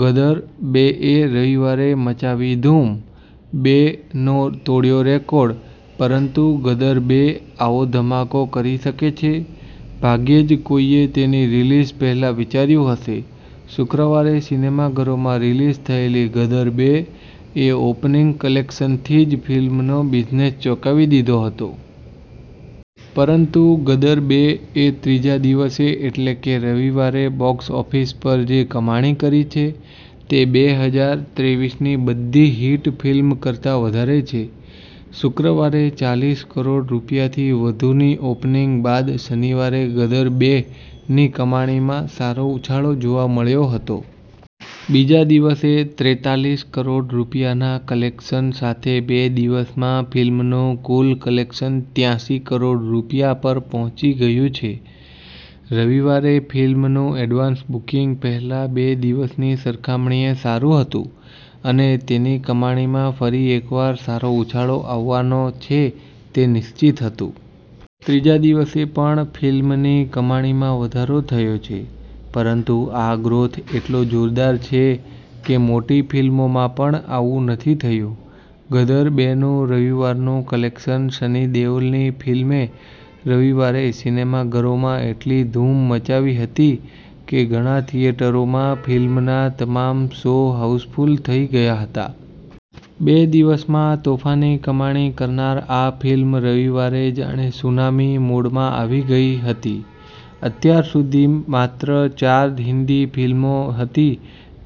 ગદર બે 'એ રવિવારે મચાવી ધૂમ, 'બે' નો તોડ્યો રેકોર્ડ! પરંતુ 'ગદર બે' આવો ધમાકો કરી શકે છે, ભાગ્યે જ કોઈએ તેની રિલીઝ પહેલા વિચાર્યું હશે. શુક્રવારે સિનેમાઘરોમાં રિલીઝ થયેલી 'ગદર બે' એ ઓપનિંગ કલેક્શનથી જ ફિલ્મનો બિઝનેસ ચોંકાવી દીધો હતો. પરંતુ 'ગદર બે' એ ત્રીજા દિવસે એટલે કે રવિવારે બોક્સ ઓફિસ પર જે કમાણી કરી છે, તે બે હજાર ત્રેવીસની બધી હિટ ફિલ્મ કરતા વધારે છે. શુક્રવારે ચાલીસ કરોડ રૂપિયાથી વધુની ઓપનિંગ બાદ શનિવારે 'ગદર બે'ની કમાણીમાં સારો ઉછાળો જોવા મળ્યો હતો. બીજા દિવસે ત્રેતાલીસ કરોડ રૂપિયાના કલેક્શન સાથે બે દિવસમાં ફિલ્મનું કુલ કલેક્શન ત્યાસી કરોડ રૂપિયા પર પહોંચી ગયું છે. રવિવારે ફિલ્મનું એડવાન્સ બુકિંગ પહેલા બે દિવસની સરખામણીએ સારું હતું અને તેની કમાણીમાં ફરી એકવાર સારો ઉછાળો આવવાનો છે તે નિશ્ચિત હતું. ત્રીજા દિવસે પણ ફિલ્મની કમાણીમાં વધારો થયો છે, પરંતુ આ ગ્રોથ એટલો જોરદાર છે કે મોટી ફિલ્મોમાં પણ આવું નથી થયું. 'ગદર બે'નું રવિવારનું કલેક્શન, સની દેઓલની ફિલ્મે રવિવારે સિનેમાઘરોમાં એટલી ધૂમ મચાવી હતી કે ઘણા થિયેટરોમાં ફિલ્મના તમામ શો હાઉસફુલ થઈ ગયા હતા. બે દિવસમાં તોફાની કમાણી કરનાર આ ફિલ્મ રવિવારે જાણે સુનામી મોડમાં આવી ગઈ હતી. અત્યાર સુધી માત્ર ચાર હિન્દી ફિલ્મો હતી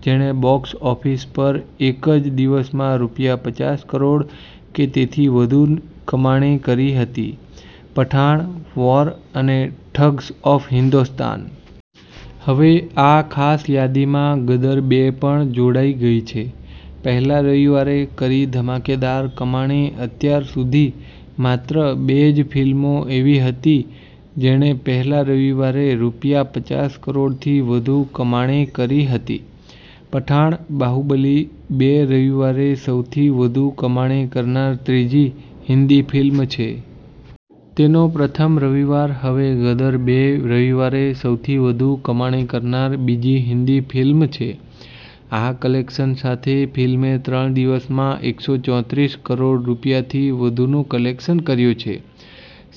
જેણે બોક્સ ઓફિસ પર એક જ દિવસમાં રૂપિયા પચાસ કરોડ કે તેથી વધુ કમાણી કરી હતી પઠાણ, વોર અને ઠગ્સ ઓફ હિન્દોસ્તાન. હવે આ ખાસ યાદીમાં 'ગદર બે' પણ જોડાઈ ગઈ છે. પહેલા રવિવારે કરી ધમાકેદાર કમાણી અત્યાર સુધી, માત્ર બે જ ફિલ્મો એવી હતી જેણે પહેલા રવિવારે રૂપિયા પચાસ કરોડથી વધુ કમાણી કરી હતી – પઠાણ, બાહુબલી બે રવિવારે સૌથી વધુ કમાણી કરનાર ત્રીજી હિન્દી ફિલ્મ છે. તેનો પ્રથમ રવિવાર હવે 'ગદર બે' રવિવારે સૌથી વધુ કમાણી કરનાર બીજી હિન્દી ફિલ્મ છે. આ કલેક્શન સાથે ફિલ્મે ત્રણ દિવસમાં એકસો ચોત્રીસ કરોડ રૂપિયાથી વધુનું કલેક્શન કર્યું છે.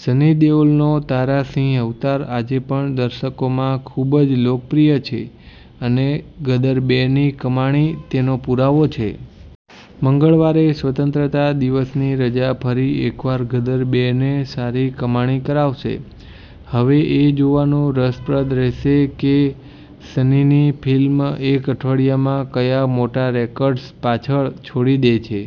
સની દેઓલનો તારા સિંહ અવતાર આજે પણ દર્શકોમાં ખૂબ જ લોકપ્રિય છે અને 'ગદર બે'ની કમાણી તેનો પુરાવો છે. મંગળવારે સ્વતંત્રતા દિવસની રજા ફરી એકવાર 'ગદર બે'ને સારી કમાણી કરાવશે. હવે એ જોવાનું રસપ્રદ રહેશે કે સનીની ફિલ્મ એક અઠવાડિયામાં કયા મોટા રેકોર્ડ્સ પાછળ છોડી દે છે.